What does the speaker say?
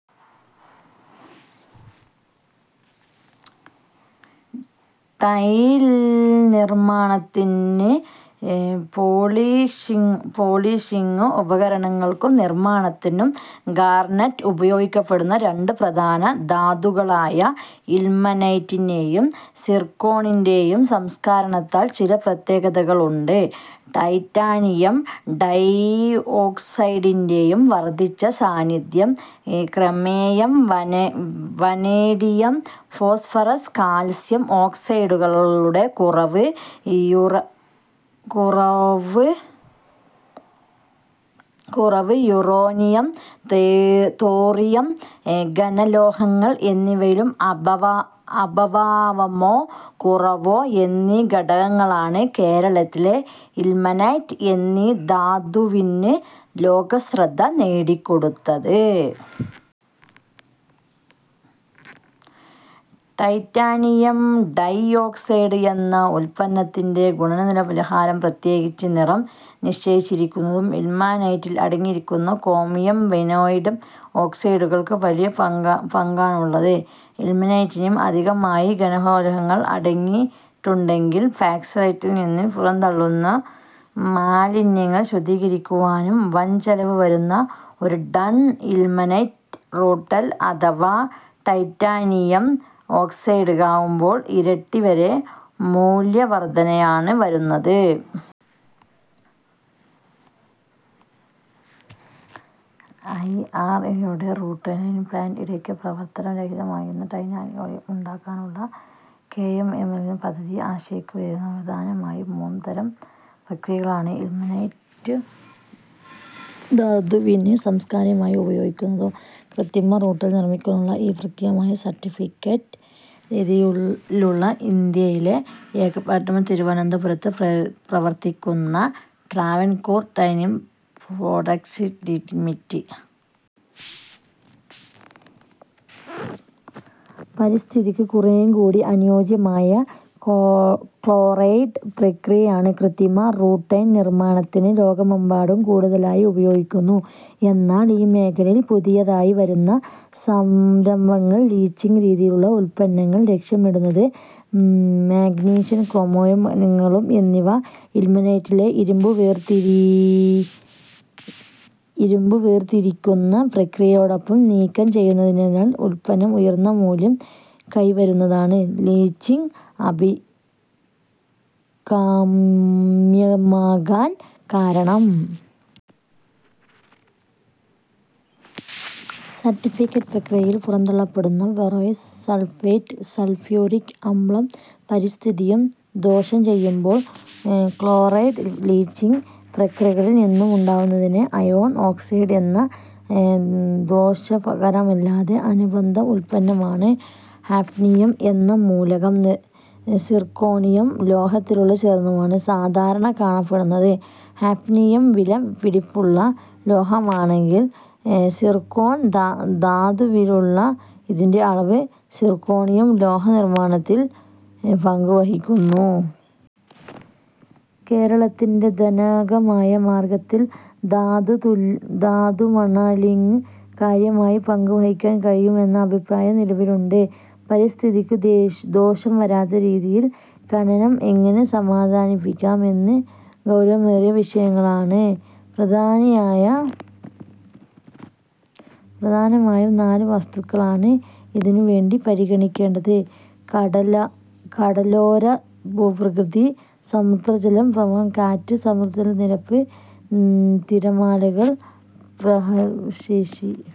ടൈൽനിർമ്മാണത്തിലും polishing ഉപകരണങ്ങളുടെ നിർമ്മാണത്തിലും garnet ഉപയോഗിക്കപ്പെടുന്നു. രണ്ട് പ്രധാന ധാതുക്കളായ ഇൽമനൈറ്റിന്റെയും സിർക്കോണിന്റെയും സംസ്കരണത്തിൽ ചില പ്രത്യേകതകളുണ്ട്. ടൈറ്റാനിയം ഡൈഓക്സൈഡിന്റെ വർധിച്ച സാന്നിധ്യം; ക്രോമിയം, വനേഡിയം, ഫോസ്ഫറസ്, കാൽസ്യം ഓക്സൈഡുകളുടെ കുറവ്; യുറേനിയം, തോറിയം, ഘനലോഹങ്ങൾ എന്നിവയുടെ അഭാവമോ കുറവോ എന്നീ ഘടകങ്ങളാണ് കേരളത്തിലെ ഇൽമനൈറ്റ് എന്ന ധാതുവിന് ലോകശ്രദ്ധ നേടിക്കൊടുത്തത്. ടൈറ്റാനിയം ഡൈഓക്സൈഡ് എന്ന ഉത്പന്നത്തിന്റെ ഗുണനിലവാരം, പ്രത്യേകിച്ച് നിറം, നിശ്ചയിക്കുന്നതിന് ഇൽമനൈറ്റിൽ അടങ്ങിയിട്ടുള്ള ക്രോമിയം, വനേഡിയം ഓക്സൈഡുകൾക്ക് വലിയ പങ്കാണുള്ളത്. ഇൽമനൈറ്റിൽ അധികമായി ഘനലോഹങ്ങൾ അടങ്ങിയിട്ടുണ്ടെങ്കിൽ ഫാക്റ്ററിയിൽനിന്നു പുറന്തള്ളുന്ന മാലിന്യം ശുദ്ധീകരിക്കുവാൻ വൻചെലവ് വരുന്നു. ഒരു ടൺ ഇൽമനൈറ്റ്, റൂട്ടൈൽ അഥവാ ടൈറ്റാനിയം ഡൈഓക്സൈഡാക്കുമ്പോൾ ഇരട്ടി വരെ മൂല്യവർധനയാണ് വരുന്നത്. ഐ. ആർ. ഇ. യുടെ റൂട്ടൈൽ പ്ലാന്റ് ഇടയ്ക്ക് പ്രവർത്തന രഹിതമായെങ്കിലും ടൈറ്റാനിയം ലോഹം ഉണ്ടാക്കാനുള്ള കെ. എം. എം. എൽ-ന്റെ പദ്ധതി ആശയ്ക്കു വകതരുന്നു. പ്രധാനമായും മൂന്ന് തരം പ്രക്രിയകളാണ് ഇൽമനൈറ്റ് ധാതുവിന്റെ സംസ്കരണത്തിനായി ഉപയോഗിക്കുന്നത്. കൃത്രിമ റൂട്ടൈൽ നിർമ്മാണത്തിനുള്ള ഈ പ്രക്രിയകളിൽ സൾഫേറ്റ് രീതിയിലുള്ള ഇന്ത്യയിലെ ഏകപ്ലാന്റാണ് തിരുവനന്തപുരത്ത് പ്രവർത്തിക്കുന്ന ട്രാവൻകൂർ ടൈറ്റാനിയം പ്രോഡക്റ്റ്സ് ലിമിറ്റഡ്. പരിസ്ഥിതിക്ക് കുറേക്കൂടി അനുയോജ്യമായ ക്ലോറൈഡ് പ്രക്രിയയാണ് കൃത്രിമ റൂട്ടൈൽ നിർമ്മാണത്തിന് ലോകമെമ്പാടും കൂടുതലായി ഉപയോഗിക്കുന്നത്. എന്നാൽ ഈ മേഖലയിൽ പുതിയതായി വരുന്ന സംരംഭങ്ങൾ ലീച്ചിങ് രീതിയിലുള്ള ഉത്പാദനമാണ് ലക്ഷ്യമിടുന്നത്. മാങ്ഗനീസ്, ക്രോമിയം, ഘനലോഹങ്ങൾ എന്നിവ ഇൽമനൈറ്റിലെ ഇരുമ്പ് വേർതിരിക്കുന്ന പ്രക്രിയയോടൊപ്പം നീക്കം ചെയ്യപ്പെടുന്നതിനാൽ ഉത്പന്നത്തിന് ഉയർന്ന മൂല്യം കൈവരുന്നതാണ് ലീച്ചിങ് അഭികാമ്യമാകാൻ കാരണം. സൾഫേറ്റ് പ്രക്രിയയിൽ പുറന്തള്ളപ്പെടുന്ന ഫെറസ് സൾഫേറ്റും സൾഫ്യൂറിക് അമ്ലവും പരിസ്ഥിതിക്കു ദോഷം ചെയ്യുമ്പോൾ, ക്ലോറൈഡ്-ലീച്ചിങ് പ്രക്രിയകളിൽ നിന്നുമുണ്ടാകുന്നത് അയൺ ഓക്സൈഡ് എന്ന ദോഷകരമല്ലാത്ത അനുബന്ധ ഉത്പന്നമാണ്. ഹാഫ്നിയം എന്ന മൂലകം സിർക്കോണിയം ലോഹത്തോടു ചേർന്നാണ് സാധാരണ കാണപ്പെടുക. ഹാഫ്നിയം വിലപിടിപ്പുള്ള ലോഹമാണെങ്കിലും സിർക്കോൺ ധാതുവിലുള്ള ഇതിന്റെ അളവ് സിർക്കോണിയം ലോഹനിർമ്മാണത്തിൽ നിർണായക പങ്കുവഹിക്കുന്നു. കേരളത്തിന്റെ ധനാഗമ മാർഗ്ഗത്തിൽ ധാതുമണലിന് കാര്യമായ പങ്കു വഹിക്കാൻ കഴിയും എന്ന അഭിപ്രായം നിലവിലുണ്ട്. പരിസ്ഥിതിക്കു ദോഷം വരാത്ത രീതിയിൽ ഖനനം എങ്ങനെ സാധ്യമാക്കണം എന്നത് ഗൌരവമേറിയ വിഷയമാണ്. പ്രധാനമായും നാല് വസ്തുതകളാണ് ഇതിനുവേണ്ടി പരിഗണിക്കേണ്ടത്: കടലോര ഭൂപ്രകൃതി, സമുദ്രജല പ്രവാഹം, കാറ്റ്, സമുദ്രജല നിരപ്പ്, തിരമാലകളുടെ പ്രഹരശേഷി